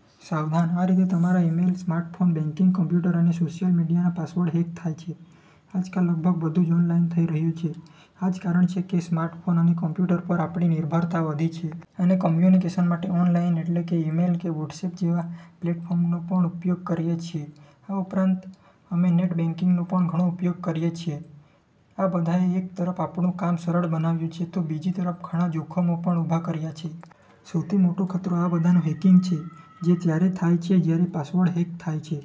: સાવધાન! આ રીતે તમારા ઈમેલ, સ્માર્ટફોન, બેંકિંગ, કોમ્પ્યુટર અને સોશિયલ મીડિયાના પાસવર્ડ હેક થાય છે.: આજકાલ લગભગ બધું જ ઓનલાઈન થઈ રહ્યું છે. આ જ કારણ છે કે સ્માર્ટફોન અને કમ્પ્યુટર પર આપણી નિર્ભરતા વધી છે. અમે કોમ્યુનિકેશન માટે ઓનલાઈન એટલે કે ઈમેલ કે વોટ્સએપ જેવા પ્લેટફોર્મનો પણ ઉપયોગ કરીએ છીએ. આ ઉપરાંત, અમે નેટ બેંકિંગનો પણ ઘણો ઉપયોગ કરીએ છીએ. આ બધાએ એક તરફ આપણું કામ સરળ બનાવ્યું છે, તો બીજી તરફ ઘણા જોખમો પણ ઊભા કર્યા છે. સૌથી મોટો ખતરો આ બધાનું હેકિંગ છે, જે ત્યારે થાય છે જ્યારે પાસવર્ડ હેક થાય છે.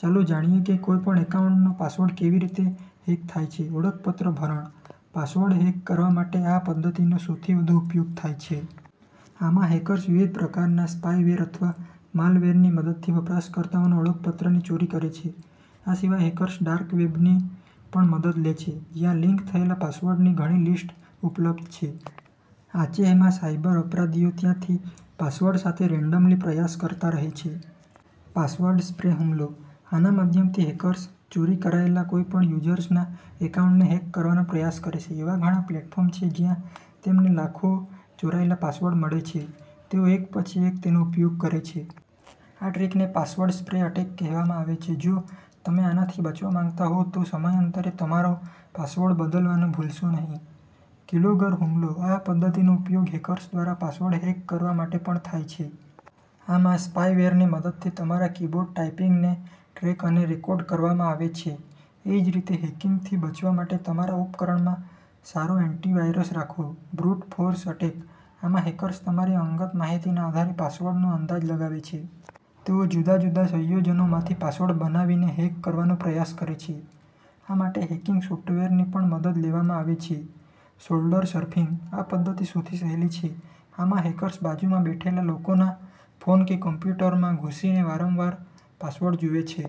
ચાલો જાણીએ કે કોઈપણ એકાઉન્ટનો પાસવર્ડ કેવી રીતે હેક થાય છે. ઓળખપત્ર ભરણ: પાસવર્ડ હેક કરવા માટે આ પદ્ધતિનો સૌથી વધુ ઉપયોગ થાય છે. આમાં, હેકર્સ વિવિધ પ્રકારના સ્પાયવેર અથવા માલવેરની મદદથી વપરાશકર્તાઓના ઓળખપત્રની ચોરી કરે છે. આ સિવાય હેકર્સ ડાર્ક વેબની પણ મદદ લે છે, જ્યાં લીક થયેલા પાસવર્ડ્સની ઘણી લિસ્ટ ઉપલબ્ધ છે. આચેહમાં, સાયબર અપરાધીઓ ત્યાંથી પાસવર્ડ સાથે રેન્ડમલી પ્રયાસ કરતા રહે છે. પાસવર્ડ સ્પ્રે હુમલો: આના માધ્યમથી હેકર્સ ચોરી કરાયેલા કોઈપણ યુઝર્સના એકાઉન્ટને હેક કરવાનો પ્રયાસ કરે છે. એવા ઘણા પ્લેટફોર્મ છે જ્યાં તેમને લાખો ચોરાયેલા પાસવર્ડ મળે છે. તેઓ એક પછી એક તેનો ઉપયોગ કરે છે. આ ટ્રિકને પાસવર્ડ સ્પ્રે એટેક કહેવામાં આવે છે. જો તમે આનાથી બચવા માંગતા હો, તો સમયાંતરે તમારો પાસવર્ડ બદલવાનું ભૂલશો નહીં. કીલોગર હુમલો: આ પદ્ધતિનો ઉપયોગ હેકર્સ દ્વારા પાસવર્ડ હેક કરવા માટે પણ થાય છે. આમાં, સ્પાયવેરની મદદથી, તમારા કીબોર્ડ ટાઇપિંગને ટ્રેક અને રેકોર્ડ કરવામાં આવે છે. એ જ રીતે, હેકિંગથી બચવા માટે, તમારા ઉપકરણમાં સારો એન્ટીવાયરસ રાખો. બ્રુટ ફોર્સ એટેક: આમાં હેકર્સ તમારી અંગત માહિતીના આધારે પાસવર્ડનો અંદાજ લગાવે છે. તેઓ જુદા જુદા સંયોજનોમાંથી પાસવર્ડ બનાવીને હેક કરવાનો પ્રયાસ કરે છે. આ માટે હેકિંગ સોફ્ટવેરની પણ મદદ લેવામાં આવે છે. શોલ્ડર સર્ફિંગ: આ પદ્ધતિ સૌથી સહેલી છે. આમાં હેકર્સ બાજુમાં બેઠેલા લોકોના ફોન કે કોમ્પ્યુટરમાં ઘૂસીને વારંવાર પાસવર્ડ જુએ છે.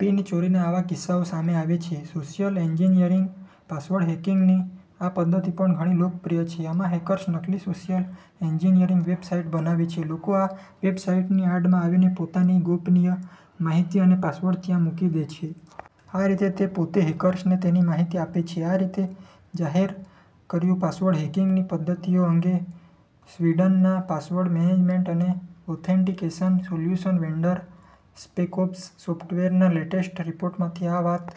પિન ચોરીના આવા કિસ્સાઓ સામે આવે છે. સોશિયલ એન્જિનિયરિંગ: પાસવર્ડ હેકિંગની આ પદ્ધતિ પણ ઘણી લોકપ્રિય છે. આમાં હેકર્સ નકલી સોશિયલ એન્જિનિયરિંગ વેબસાઇટ બનાવે છે. લોકો આ વેબસાઈટની આડમાં આવીને પોતાની ગોપનીય માહિતી અને પાસવર્ડ ત્યાં મૂકી દે છે. આ રીતે, તે પોતે હેકર્સને તેની માહિતી આપે છે. આ રીતે જાહેર કર્યુંપાસવર્ડ હેકિંગની પદ્ધતિઓ અંગે સ્વીડનના પાસવર્ડ મેનેજમેન્ટ અને ઓથેન્ટિકેશન સોલ્યુશન વેન્ડર સ્પેકોપ્સ સોફ્ટવેરના લેટેસ્ટ રિપોર્ટમાંથી આ વાત